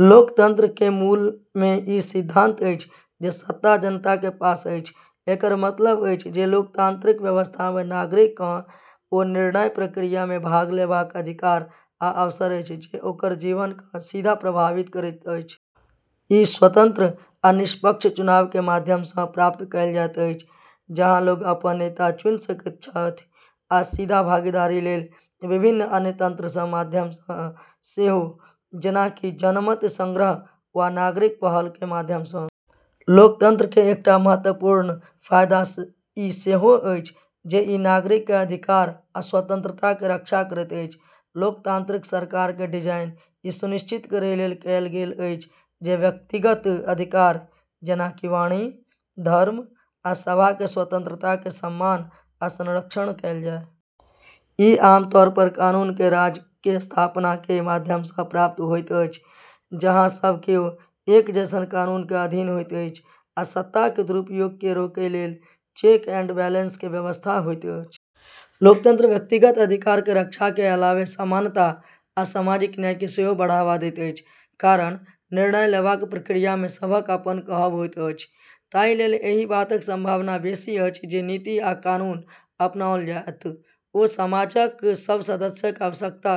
लोकतंत्र के मूल मे ई सिद्धांत अछि जे सत्ता जनता के पास अछि। एकर मतलब अछि जे लोकतांत्रिक व्यवस्था मे नागरिक केँ ओ निर्णय प्रक्रिया मे भाग लेबाक अधिकार आ अवसर अछि जे ओकर जीवन केँ सीधा प्रभावित करैत अछि। ई स्वतंत्र आ निष्पक्ष चुनाव के माध्यम सँ प्राप्त कएल जाइत अछि, जहाँ लोग अपन नेता चुनि सकैत छथि, आ सीधा भागीदारी लेल विभिन्न अन्य तंत्र के माध्यम सँ सेहो, जेना कि जनमत संग्रह वा नागरिक पहल के माध्यम सँ। लोकतंत्र के एकटा महत्वपूर्ण फायदा ई सेहो अछि जे ई नागरिक के अधिकार आ स्वतंत्रता के रक्षा करैत अछि। लोकतांत्रिक सरकार के डिजाइन ई सुनिश्चित करय लेल कएल गेल अछि जे व्यक्तिगत अधिकार, जेना कि वाणी, धर्म, आ सभा के स्वतंत्रता के सम्मान आ संरक्षण कएल जाए। ई आमतौर पर कानून के राज के स्थापना के माध्यम सँ प्राप्त होइत अछि, जहाँ सब केओ एक जैसन कानून के अधीन होइत अछि आ सत्ता के दुरुपयोग के रोकय लेल चेक एंड बैलेंस के व्यवस्था होइत अछि। लोकतंत्र व्यक्तिगत अधिकार के रक्षा के अलावे समानता आ सामाजिक न्याय के सेहो बढ़ावा दैत अछि। कारण निर्णय लेबाक प्रक्रिया मे सबहक अपन कहब होइत अछि, ताहि लेल एहि बातक संभावना बेसी अछि जे नीति आ कानून अपनाओल जायत ओ समाजक सब सदस्यक आवश्यकता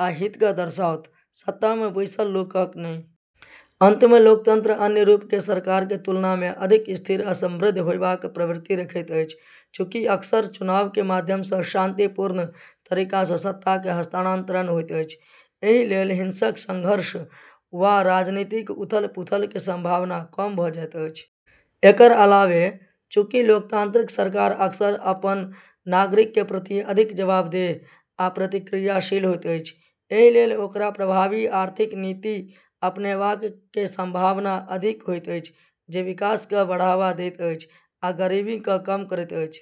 आ हित केँ दर्शाओत, सत्ता मे बैसल लोकक नहि। अंत मे, लोकतंत्र अन्य रूप के सरकार के तुलना मे अधिक स्थिर आ समृद्ध होयबाक प्रवृत्ति रखैत अछि। चूँकि अक्सर चुनाव के माध्यम सँ शांतिपूर्ण तरीका सँ सत्ता के हस्तांतरण होइत अछि, एहि लेल हिंसक संघर्ष वा राजनीतिक उथल-पुथल के संभावना कम भ' जाइत अछि। एकर अलावे, चूँकि लोकतांत्रिक सरकार अक्सर अपन नागरिक के प्रति अधिक जवाबदेह आ प्रतिक्रियाशील होइत अछि, एहि लेल ओकरा प्रभावी आर्थिक नीति अपनाबय के संभावना अधिक होइत अछि जे विकास केँ बढ़ावा दैत अछि आ गरीबी केँ कम करैत अछि।